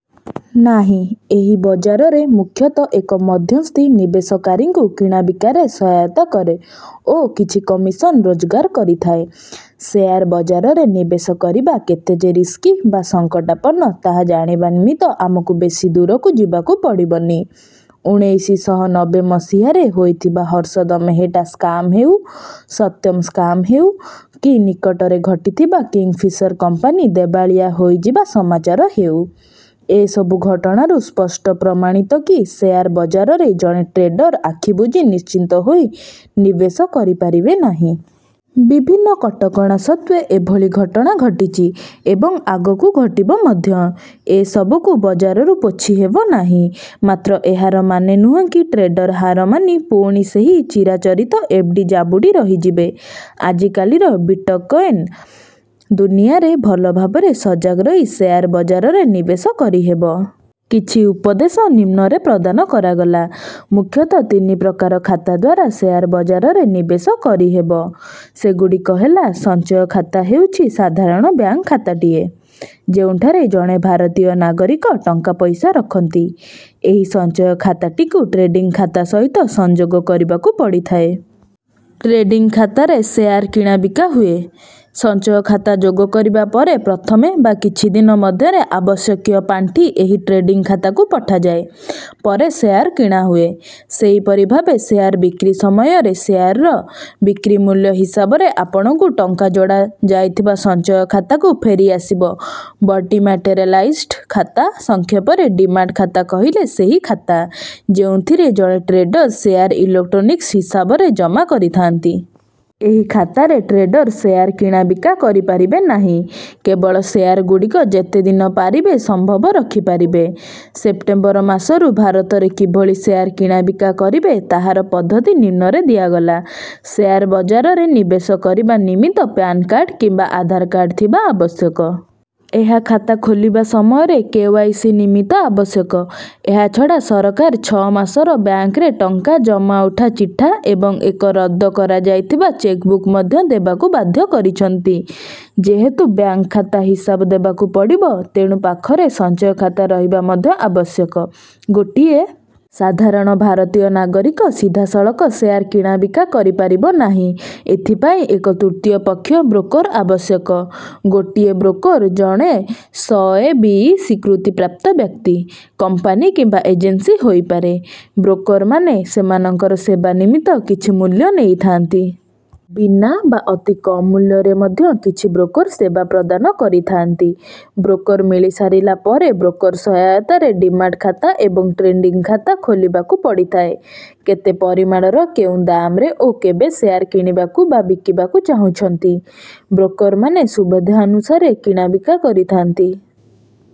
ନାହିଁ। ଏହି ବଜାରରେ ମୁଖ୍ୟତଃ ଏକ ମଧ୍ୟସ୍ଥି ନିବେଶକାରୀଙ୍କୁ କିଣାବିକାରେ ସହାୟତା କରେ ଓ କିଛି କମିଶନ ରୋଜଗାର କରିଥାଏ। ଶେୟାର ବଜାରରେ ନିବେଶ କରିବା କେତେଯେ ରିସ୍କି ବା ସଙ୍କଟାପନ୍ନ, ତାହା ଜାଣିବା ନିମିତ୍ତ ଆମକୁ ବେଶୀ ଦୂରକୁ ଯିବାକୁ ପଡ଼ିବନି। ଉଣେଇଶି ଶହ ନବେ ମସିହା ରେ ହୋଇଥିବା ହର୍ଷଦ ମେହେଟ୍ଟା ସ୍କାମ୍‌ ହେଉ, ସତ୍ୟମ୍‌ ସ୍କାମ୍‌ ହେଉ, କି ନିକଟରେ ଘଟିଥିବା କିଙ୍ଗଫିସର କମ୍ପାନୀ ଦେବାଳିଆ ହୋଇଯିବା ସମାଚାର ହେଉ, ଏସବୁ ଘଟଣାରୁ ସ୍ପଷ୍ଟ ପ୍ରମାଣିତ କି ଶେୟାର ବଜାରରେ ଜଣେ ଟ୍ରେଡର ଆଖିବୁଜି ନିଶ୍ଚିନ୍ତ ହୋଇ ନିବେଶ କରିପାରିବେ ନାହିଁ। ବିଭିନ୍ନ କଟକଣା ସତ୍ତ୍ୱେ ଏଭଳି ଘଟଣା ଘଟିଛି ଏବଂ ଆଗକୁ ଘଟିବ ମଧ୍ୟ, ଏସବୁକୁ ବଜାରରୁ ପୋଛି ହେବନାହିଁ। ମାତ୍ର ଏହାର ମାନେ ନୁହେଁ କି ଟ୍ରେଡର ହାର ମାନି ପୁଣି ସେହି ଚିରାଚରିତ ଏଫ୍‌ଡି ଜାବୁଡ଼ି ରହିଯିବେ। ଆଜିକାଲିକାର ବିଟ୍‌କଏନ୍‌ ଦୁନିଆରେ ଭଲ ଭାବରେ ସଜାଗ ରହି ଶେୟାର ବଜାରରେ ନିବେଶ କରିହେବ। କିଛି ଉପଦେଶ ନିମ୍ନରେ ପ୍ରଦାନ କରାଗଲା। ମୁଖ୍ୟତଃ ତିନି ପ୍ରକାରର ଖାତା ଦ୍ୱାରା ଶେୟାର ବଜାରରେ ନିବେଶ କରିହେବ। ସେଗୁଡ଼ିକ ହେଲାସଞ୍ଚୟ ଖାତା ହେଉଛି ସାଧାରଣ ବ୍ୟାଙ୍କ ଖାତାଟିଏ, ଯେଉଁଠାରେ ଜଣେ ଭାରତୀୟ ନାଗରିକ ଟଙ୍କାପଇସା ରଖନ୍ତି। ଏହି ସଞ୍ଚୟ ଖାତାଟିକୁ ଟ୍ରେଡିଂ ଖାତା ସହିତ ସଂଯୋଗ କରିବାକୁ ପଡ଼ିଥାଏ। ଟ୍ରେଡିଂ ଖାତାରେ ଶେୟାର କିଣାବିକା ହୁଏ। ସଞ୍ଚୟ ଖାତା ଯୋଗ କରିବା ପରେ, ପ୍ରଥମେ ବା କିଛି ଦିନ ମଧ୍ୟରେ ଆବଶ୍ୟକୀୟ ପାଣ୍ଠି ଏହି ଟ୍ରେଡିଂ ଖାତାକୁ ପଠାଯାଏ, ପରେ ଶେୟାର କିଣା ହୁଏ। ସେହିପରି ଭାବେ ଶେୟାର ବିକ୍ରି ସମୟରେ ଶେୟାରର ବିକ୍ରି ମୂଲ୍ୟ ହିସାବରେ ଆପଣଙ୍କୁ ଟଙ୍କା ଯୋଡ଼ା ଯାଇଥିବା ସଞ୍ଚୟ ଖାତାକୁ ଫେରିଆସିବଡିମ୍ୟାଟେରିଆଲାଇଜ୍‌ଡ ଖାତା, ସଂକ୍ଷେପରେ ଡିମାଟ୍‌ ଖାତା କହିଲେ ସେହି ଖାତା, ଯେଉଁଥିରେ ଜଣେ ଟ୍ରେଡର ଶେୟାର ଇଲେକ୍ଟ୍ରୋନିକ୍ସ ହିସାବରେ ଜମା କରିଥାନ୍ତି। ଏହି ଖାତାରେ ଟ୍ରେଡର ଶେୟାର କିଣାବିକା କରିପାରିବେ ନାହିଁ; କେବଳ ଶେୟାରଗୁଡ଼ିକ ଯେତେଦିନ ପାରିବେ ସମ୍ଭବ ରଖିପାରିବେ। ସେପ୍ଟେମ୍ବର ମାସରୁ ଭାରତରେ କିଭଳି ଶେୟାର କିଣାବିକା କରିବେ, ତାହାର ପଦ୍ଧତି ନିମ୍ନରେ ଦିଆଗଲାଶେୟାର ବଜାରରେ ନିବେଶ କରିବା ନିମିତ୍ତ ପ୍ୟାନ୍‌ କାର୍ଡ଼ କିମ୍ବା ଆଧାର କାର୍ଡ଼ ଥିବା ଆବଶ୍ୟକ। ଏହା ଖାତା ଖୋଲିବା ସମୟରେ କେ.ୱାଇ.ସି. ନିମିତ୍ତ ଆବଶ୍ୟକ। ଏହାଛଡ଼ା ସରକାର ଛଅ ମାସର ବ୍ୟାଙ୍କରେ ଟଙ୍କା ଜମା-ଉଠା ଚିଠା ଏବଂ ଏକ ରଦ୍ଦ କରାଯାଇଥିବା ଚେକ୍‌ବୁକ୍‌ ମଧ୍ୟ ଦେବାକୁ ବାଧ୍ୟ କରିଛନ୍ତି। ଯେହେତୁ ବ୍ୟାଙ୍କ ଖାତା ହିସାବ ଦେବାକୁ ପଡ଼ିବ, ତେଣୁ ପାଖରେ ସଞ୍ଚୟ ଖାତା ରହିବା ମଧ୍ୟ ଆବଶ୍ୟକ। ଗୋଟିଏ ସାଧାରଣ ଭାରତୀୟ ନାଗରିକ ସିଧାସଳଖ ଶେୟାର କିଣାବିକା କରିପାରିବ ନାହିଁ, ଏଥିପାଇଁ ଏକ ତୃତୀୟ ପକ୍ଷ, ବ୍ରୋକର ଆବଶ୍ୟକ। ଗୋଟିଏ ବ୍ରୋକର ଜଣେ ସ ଏ ବି ଇ ସ୍ୱୀକୃତିପ୍ରାପ୍ତ ବ୍ୟକ୍ତି, କମ୍ପାନୀ କିମ୍ବା ଏଜେନ୍ସି ହୋଇପାରେ। ବ୍ରୋକରମାନେ ସେମାନଙ୍କର ସେବା ନିମିତ୍ତ କିଛି ମୂଲ୍ୟ ନେଇଥାନ୍ତି। ବିନା ବା ଅତିକମ୍‌ ମୂଲ୍ୟରେ ମଧ୍ୟ କିଛି ବ୍ରୋକର ସେବା ପ୍ରଦାନ କରିଥାନ୍ତି। ବ୍ରୋକର ମିଳିସାରିଲା ପରେ ବ୍ରୋକର ସହାୟତାରେ ଡିମାଟ୍‌ ଖାତା ଏବଂ ଟ୍ରେଡିଂ ଖାତା ଖୋଲିବାକୁ ପଡ଼ିଥାଏ। କେତେ ପରିମାଣର, କେଉଁ ଦାମ୍‌ରେ ଓ କେବେ ଶେୟାର କିଣିବାକୁ ବା ବିକିବାକୁ ଚାହୁଁଛନ୍ତି, ବ୍ରୋକରମାନେ ସୁବିଧାନୁସାରେ କିଣାବିକା କରିଥାନ୍ତି।